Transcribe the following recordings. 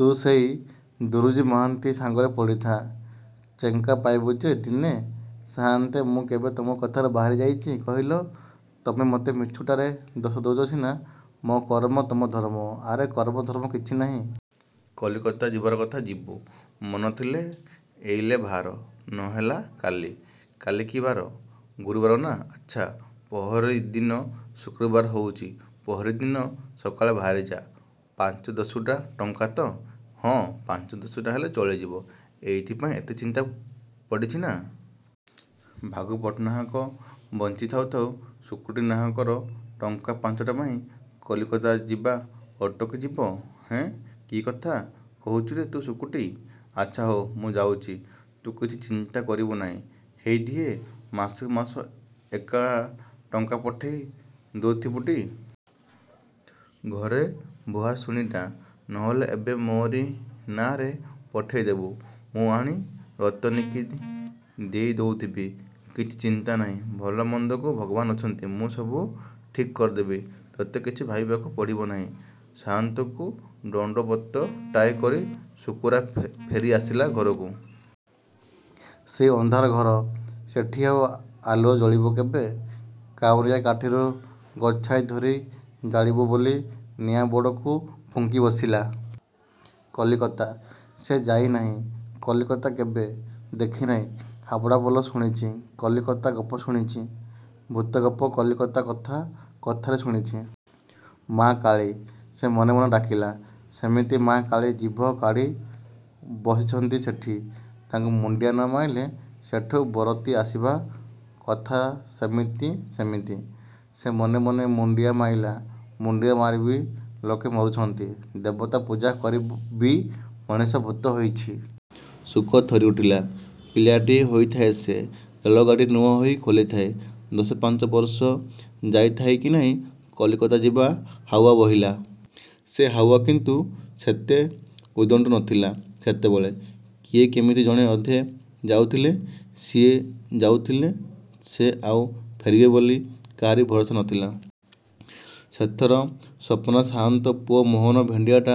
ତୁ ସେଇ ଦୁରୁଜୀ ମହାନ୍ତି ସାଙ୍ଗରେ ପଡ଼ିଥା। ଚେଙ୍କା ପାଇବୁ ଯେ ଦିନେ! ସାଆନ୍ତେ, ମୁଁ କେବେ ତମ କଥାରୁ ବାହାରି ଯାଇଚି କହିଲ? ତମେ ମୋତେ ମିଛୁଟାରେ ଦୋଷ ଦଉଚ ସିନା। ମୋ କରମ, ତମ ଧରମ। ଆରେ କରମ ଧରମ କିଛି ନାହିଁ। କଲିକତା ଯିବାର କଥା ଯିବୁ। ମନ ଥିଲେ ଏଇଲେ ଭାର ନହେଲା କାଲି। କାଲି କି ବାର? ଗୁରୁବାର, ନା? ଆଚ୍ଛା, ପହରିଦିନ ଶୁକ୍ରବାର ହଉଚି ପହରିଦିନ ସକାଳେ ଭାରିଯା। ପାଞ୍ଚ ଦଶୁଟା ଟଙ୍କା ତ? ହଁ, ପାଞ୍ଚ, ଦଶୁଟା ହେଲେ ଚଳିଯିବ। ଏଇଥିପାଇଁ ଏତେ ଚିନ୍ତା ପଡ଼ିଛିନା? ଭାଗୁ ପଟ୍ଟନାହାକ ବଞ୍ଚି ଥାଉ ଥାଉ ଶୁକୁଟି ନାହାକର ଟଙ୍କା ପାଞ୍ଚଟାପାଇଁ କଲିକତା ଯିବା ଅଟକି ଯିବ? ହେଁ, କିକଥା କହୁଚୁରେ ତୁ ଶୁକୁଟି! ଆଚ୍ଛା ହଉ, ମୁଁ ଯାଉଚି। ତୁ କିଛି ଚିନ୍ତା କରିବୁ ନାହିଁ। ହେଇଟି ହେ, ମାସକୁ ମାସ ଏକା ଟଙ୍କା ପଠେଇ ଦଉଥିବୁଟି? ଘରେ ଭୁଆସୁଣୀଟା। ନ ହେଲେ ଏବେ ମୋରି ନାଆଁରେ ପଠେଇ ଦେବୁ। ମୁଁ ଆଣି ରତନୀକି ଦେଇ ଦଉଥିବି। କିଛି ଚିନ୍ତା ନାହିଁ। ଭଲ ମନ୍ଦକୁ ଭଗବାନ୍ ଅଛନ୍ତି। ମୁଁ ସବୁ ଠିକ୍ କରିଦେବି। ତୋତେ କିଛି ଭାବିବାକୁ ପଡ଼ିବ ନାହିଁ। ସାଆନ୍ତକୁ ଦଣ୍ଡବତଟାଏ କରି ଶୁକୁରା ଫେ ଫେରି ଆସିଲା ଘରକୁ। ସେଇ ଅନ୍ଧାର ଘର। ସେଠି ଆଉ ଆଲୁଅ ଜଳିବ କେବେ? କାଉଁରିଆ କାଠିରୁ ଗୋଛାଏ ଧରି ଜାଳିବ ବୋଲି ନିଆଁ ବଡ଼କୁ ଫୁଙ୍କି ବସିଲା। କଲିକତା! ସେ ଯାଇନାହିଁ କଲିକତା କେବେ। ଦେଖିନାହିଁ ହାବଡ଼ା ପୋଲ, ଶୁଣିଛି। କଲିକତା ଗପ ଶୁଣୁଛି। ଭୂତଗପ କଲିକତା କଥା କଥାରେ ଶୁଣିଛି। ମା କାଳୀ! ସେ ମନେ ମନେ ଡାକିଲା। ସେମିତି ମା କାଳୀ ଜିଭ କାଢ଼ି ବସିଛନ୍ତି ସେଠି। ତାଙ୍କୁ ମୁଣ୍ଡିଆ ନ ମାଇଲେ ସେଠୁ ବରତି ଆସିବା କଥା ସେମିତି ସେମିତି। ସେ ମନେ ମନେ ମୁଣ୍ଡିଆ ମାଇଲା। ମୁଣ୍ଡିଆ ମାରିବି ଲୋକେ ମରୁଛନ୍ତି। ଦେବତା ପୂଜା କରିବି ମଣିଷ ଭୂତ ହୋଇଛି। ଶୁକ ଥରି ଉଠିଲା। ପିଲାଟିଏ ହୋଇଥାଏ ସେ। ରେଳଗାଡ଼ି ନୂଆ ହୋଇ ଖୋଲିଥାଏ। ଦଶପାଞ୍ଚ ବରଷ ଯାଇ ଥାଏ କି ନାହିଁ। କଲିକତା ଯିବା ହାଉଆ ବହିଲା। ସେ ହାଉଆ କିନ୍ତୁ ସେତେ ଉଦଣ୍ଡ ନଥିଲା ସେତେବେଳେ। କିଏ କେମିତି ଜଣେ ଅଧେ ଯାଉଥିଲେ। ସିଏ ଯାଉଥିଲେ ସେ ଆଉ ଫେରିବେ ବୋଲି କାହାରି ଭରସା ନଥିଲା। ସେଥର ସପନା ସାଆନ୍ତ ପୁଅ ମୋହନ ଭେଣ୍ଡିଆଟା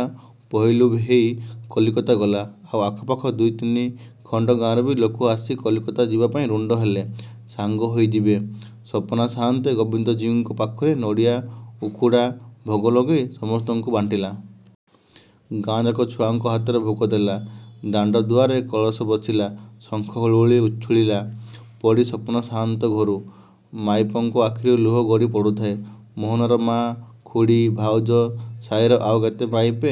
ପହିଲୁ ହେଇ କଲିକତା ଗଲା। ଆଉ ଆଖପାଖ ଦୁଇ ତିନି ଖଣ୍ଡ ଗାଁରୁବି ଲୋକ ଆସି କଲିକତା ଯିବାପାଇଁ ରୁଣ୍ଡ ହେଲେ। ସାଙ୍ଗ ହୋଇଯିବେ। ସପନା ସାଆନ୍ତେ ଗୋବିନ୍ଦ ଜୀଉଙ୍କ ପାଖରେ ନଡ଼ିଆ ଉଖୁଡ଼ା ଭୋଗ ଲଗେଇ ସମସ୍ତଙ୍କୁ ବାଣ୍ଟିଲା। ଗାଁଯାକ ଛୁଆଙ୍କ ହାତରେ ଭୋଗ ଦେଲା। ଦାଣ୍ଡଦୁଆରେ କଳସ ବସିଲା। ଶଙ୍ଖ ହୁଳହୁଳି ଉଛୁଳିଲା ପଡ଼ି ସପନା ସାଆନ୍ତ ଘରୁ। ମାଇପଙ୍କ ଆଖିରୁ ଲୁହ ଗଡ଼ି ପଡ଼ୁଥାଏ। ମୋହନାର ମା, ଖୁଡ଼ୀ, ଭାଉଜ, ସାଇର ଆଉ କେତେ ମାଇପେ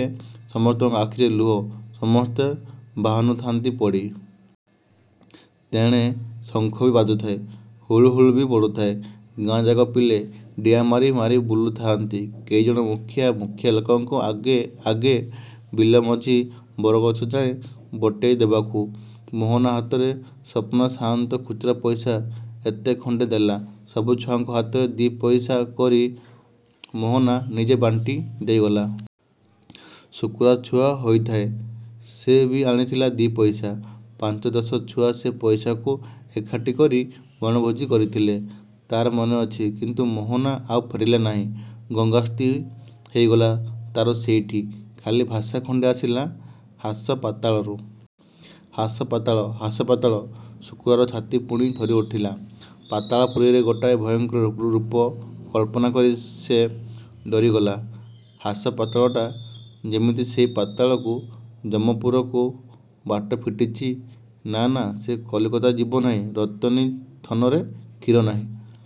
ସମସ୍ତଙ୍କ ଆଖିରେ ଲୁହ। ସମସ୍ତେ ବାହୁନୁଥାନ୍ତି ପଡ଼ି। ତେଣେ ଶଙ୍ଖବି ବାଜୁଥାଏ ହୁଳହୁଳିବି ପଡ଼ୁଥାଏ। ଗାଁଯାକ ପିଲେ ଡିଆଁମାରି ମାରି ବୁଲିଥାଆନ୍ତି କେଇଜଣ ମୁଖିଆ ମୁଖିଆ ଲୋକଙ୍କ ଆଗେ ଆଗେ ବିଲ ମଝି ବରଗଛ ଯାଏଁ ବଟେଇ ଦେବାକୁ। ମୋହନା ହାତରେ ସପନା ସାଆନ୍ତ ଖୁଚୁରା ପଇସା ଏତେ ଖଣ୍ଡେ ଦେଲା। ସବୁ ଛୁଆଙ୍କ ହାତରେ ଦି ପଇସା କରି ମୋହନା ନିଜେ ବାଣ୍ଟି ଦେଇଗଲା। ଶୁକୁରା ଛୁଆ ହୋଇଥାଏ।। ସେ ବି ଆଣିଥିଲା ଦି ପଇସା। ପାଞ୍ଚ ଦଶ ଛୁଆ ସେ ପଇସାକୁ ଏଖାଟି କରି ବଣଭୋଜି କରିଥିଲେ। ତାର ମନେ ଅଛି। କିନ୍ତୁ ମୋହନା ଆଉ ଫେରିଲା ନାହିଁ। ଗଙ୍ଗାସ୍ତି ହେଇଗଲା ତାର ସେଇଠି। ଖାଲି ଭାଷା ଖଣ୍ଡେ ଆସିଲା ହାସପାତାଳରୁ। ହାସପାତାଳ ହାସପାତାଳ! ଶୁକୁରାର ଛାତି ପୁଣି ଥରି ଉଠିଲା। ପାତାଳପୁରୀରେ ଗୋଟାଏ ଭୟଙ୍କର ରୂ ରୂପ କଳ୍ପନା କରି ସେ ଡରିଗଲା। ହାସପାତାଳଟା ଯେମିତି ସେଇ ପାତାଳକୁ ଯମପୁରକୁ ବାଟ ଫିଟିଛି! ନା ନା, ସେ କଲିକତା ଯିବ ନାହିଁ। ରତନୀ ଥନରେ କ୍ଷୀର ନାହିଁ।